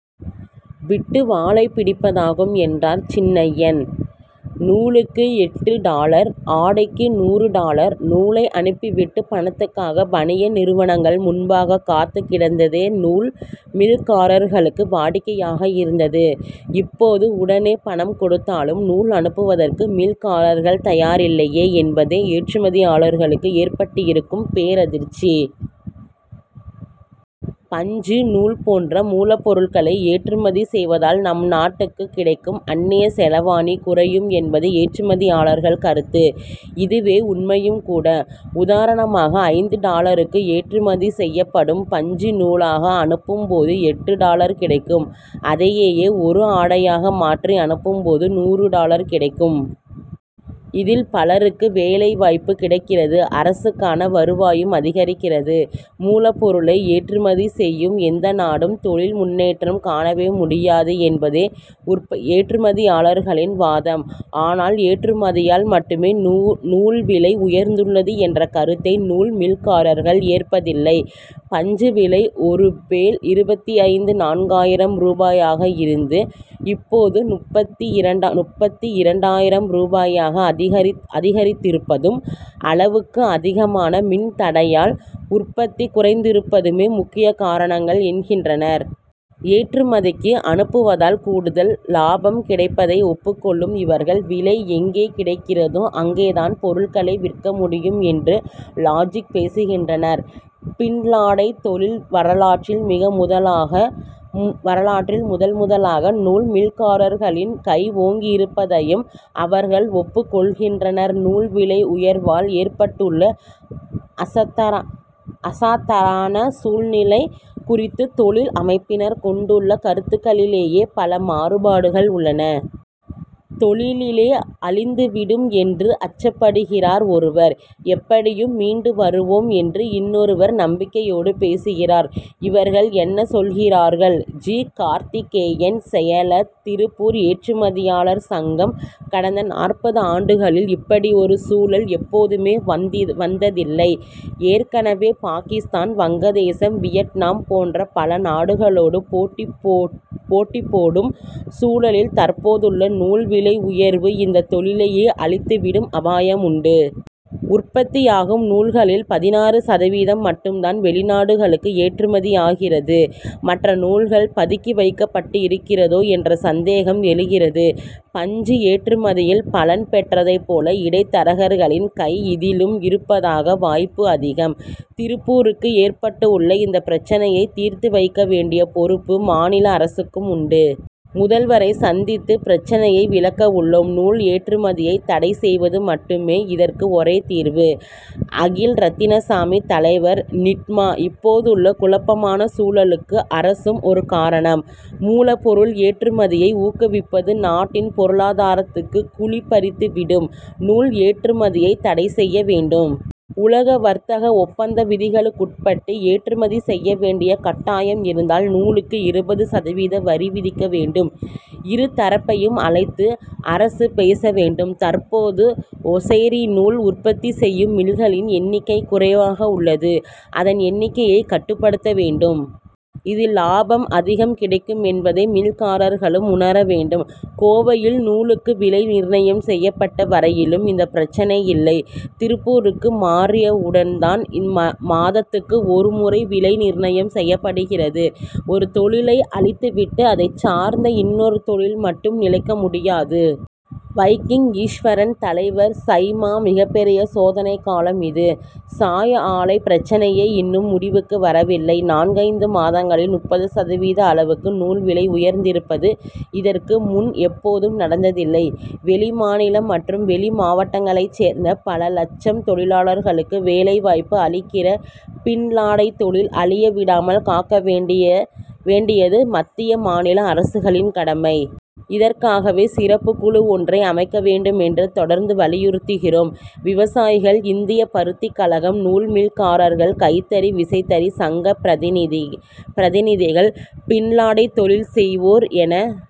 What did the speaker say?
விட்டு வாலை பிடிப்பதாகும், என்றார் சின்னையன். நூலுக்கு எட்டு டாலர்; ஆடைக்கு நூறு டாலர்! நூலை அனுப்பி விட்டு, பணத்துக்காக பனியன் நிறுவனங்கள் முன்பாக காத்துக் கிடந்ததே நூல் மில்காரர்களுக்கு வாடிக்கையாக இருந்தது. இப்போது, உடனே பணம் கொடுத்தாலும், நூல் அனுப்புவதற்கு மில்காரர்கள் தயாராயில்லை என்பதே ஏற்றுமதியாளர்களுக்கு ஏற்பட்டிருக்கும் பேரதிர்ச்சி. பஞ்சு, நூல் போன்ற மூலப்பொருட்களை ஏற்றுமதி செய்வதால், நம் நாட்டுக்குக் கிடைக்கும் அந்நியச் செலாவணி குறையும் என்பது ஏற்றுமதியாளர்கள் கருத்து. இதுவே, உண்மையும் கூட. உதாரணமாக, ஐந்து டாலருக்கு ஏற்றுமதி செய்யப்படும் பஞ்சு, நூலாக அனுப்பும் போது எட்டு டாலர் கிடைக்கும். அதையே, ஓர் ஆடையாக மாற்றி அனுப்பும்போது, நூறு டாலர் கிடைக்கும். இதில், பலருக்கு வேலை வாய்ப்பு கிடைக்கிறது. அரசுக்கான வருவாயும் அதிகரிக்கிறது. மூலப்பொருளை ஏற்றுமதி செய்யும் எந்த நாடும், தொழில் முன்னேற்றம் காணவே முடியாது என்பதே ஏற்றுமதியாளர்களின் வாதம். ஆனால், ஏற்றுமதியால் மட்டுமே நூல் விலை உயர்ந்துள்ளது என்ற கருத்தை, நூல் மில்காரர்கள் ஏற்பதில்லை. பஞ்சு விலை ஒரு பேல் இருபத்து நான்காயிரம் ரூபாயாக இருந்து, இப்போது முப்பத்து இரண்டாயிரம் ரூபாயாக அதிகரித்திருப்பதும், அளவுக்கு அதிகமான மின் தடையால் உற்பத்தி குறைந்திருப்பதுமே முக்கிய காரணங்கள் என்கின்றனர். ஏற்றுமதிக்கு அனுப்புவதால் கூடுதல் லாபம் கிடைப்பதை ஒப்புக் கொள்ளும் இவர்கள், விலை எங்கே கிடைக்கிறதோ, அங்கேதான் பொருட்களை விற்க முடியும் என்று லாஜிக் பேசுகின்றனர். பின்னலாடை தொழில் வரலாற்றில் முதல் முதலாக நூல் மில்காரர்களின் கை ஓங்கியிருப்பதையும் அவர்கள் ஒப்புக் கொள்கின்றனர்நூல் விலை உயர்வால் ஏற்பட்டுள்ள அசாதார அசாதாரண சூழ்நிலை குறித்து, தொழில் அமைப்பினர் கொண்டுள்ள கருத்துக்களிலேயே பல மாறுபாடுகள் உள்ளன. தொழிலே அழிந்து விடும் என்று அச்சப்படுகிறார் ஒருவர்; எப்படியும் மீண்டு வருவோம் என்று இன்னொருவர் நம்பிக்கையோடு பேசுகிறார். இவர்கள் என்ன சொல்கிறார்கள்? ஜி. கார்த்திகேயன், செயலர், திருப்பூர் ஏற்றுமதியாளர் சங்கம்: கடந்த நாற்பது ஆண்டுகளில் இப்படியொரு சூழல் எப்போதுமே வந்ததில்லை. ஏற்கனவே, பாகிஸ்தான், வங்கதேசம், வியட்நாம் போன்ற பல நாடுகளோடு போட்டி போடு போட்டி போடும் சூழலில், தற்போதுள்ள நூல் விலை உயர்வு, இந்த தொழிலையே அழித்துவிடும் அபாயம் உண்டு. உற்பத்தியாகும் நூல்களில் பதினாறு சதவீதம் மட்டும்தான், வெளிநாடுகளுக்கு ஏற்றுமதியாகிறது. மற்ற நூல்கள் பதுக்கி வைக்கப்பட்டிருக்கிறதோ என்ற சந்தேகம் எழுகிறது. பஞ்சு ஏற்றுமதியில் பலன் பெற்றதைப் போல இடைத்தரகர்களின் கை இதிலும் இருப்பதற்கான வாய்ப்பு அதிகம். திருப்பூருக்கு ஏற்பட்டுள்ள இந்த பிரச்னையைத் தீர்த்து வைக்க வேண்டிய பொறுப்பு, மாநில அரசுக்கும் உண்டு. முதல்வரைச் சந்தித்து பிரச்னையை விளக்கவுள்ளோம். நூல் ஏற்றுமதியை தடை செய்வது மட்டுமே, இதற்கு ஒரே தீர்வு. அகில் ரத்தினசாமி, தலைவர், நிட்மா: இப்போதுள்ள குழப்பமான சூழலுக்கு அரசும் ஒரு காரணம். மூலப்பொருள் ஏற்றுமதியை ஊக்குவிப்பது, நாட்டின் பொருளாதாரத்துக்கு குழி பறித்து விடும். நூல் ஏற்றுமதியை தடை செய்ய வேண்டும். உலக வர்த்தக ஒப்பந்த விதிகளுக்குட்பட்டு, ஏற்றுமதி செய்ய வேண்டிய கட்டாயம் இருந்தால் நூலுக்கு இருபது சதவீத வரி விதிக்க வேண்டும். இரு தரப்பையும் அழைத்து அரசு பேச வேண்டும். தற்போது ஒசைரி நூல் உற்பத்தி செய்யும் மில்களின் எண்ணிக்கை குறைவாகவுள்ளது. அதன் எண்ணிக்கையை கட்டுப்படுத்த வேண்டும். இதில் லாபம் அதிகம் கிடைக்குமென்பதை மில்காரர்களும் உணர வேண்டும். கோவையில் நூலுக்கு விலை நிர்ணயம் செய்யப்பட்ட வரையிலும், இந்த பிரச்னை இல்லை. திருப்பூருக்கு மாறியவுடன்தான், மாதத்துக்கு ஒரு முறை விலை நிர்ணயம் செய்யப்படுகிறது. ஒரு தொழிலை அழித்து விட்டு, அதைச் சார்ந்த இன்னொரு தொழில் மட்டும் நிலைக்க முடியாது. வைகிங் ஈஸ்வரன், தலைவர், சைமா மிகப்பெரிய சோதனைக்காலம் இது. சாய ஆலை பிரச்னையே இன்னும் முடிவுக்கு வரவில்லை. நான்கைந்து மாதங்களில் முப்பது சதவீத அளவுக்கு நூல் விலை உயர்ந்திருப்பது, இதற்கு முன் எப்போதும் நடந்ததில்லை. வெளிமாநிலம் மற்றும் வெளி மாவட்டங்களைச் சேர்ந்த பல லட்சம் தொழிலாளர்களுக்கு வேலை வாய்ப்பு அளிக்கிற பின்னலாடைத் தொழில் அழிய விடாமல் காக்க வேண்டியது மத்திய, மாநில அரசுகளின் கடமை. இதற்காகவே, சிறப்புக் குழு ஒன்றை அமைக்க வேண்டுமென்று தொடர்ந்து வலியுறுத்துகிறோம். விவசாயிகள், இந்திய பருத்திக் கழகம், நூல் மில்காரர்கள், கைத்தறி, விசைத்தறி சங்க பிரதிநிதி பிரதிநிதிகள், பின்னலாடைத் தொழில் செய்வோர் என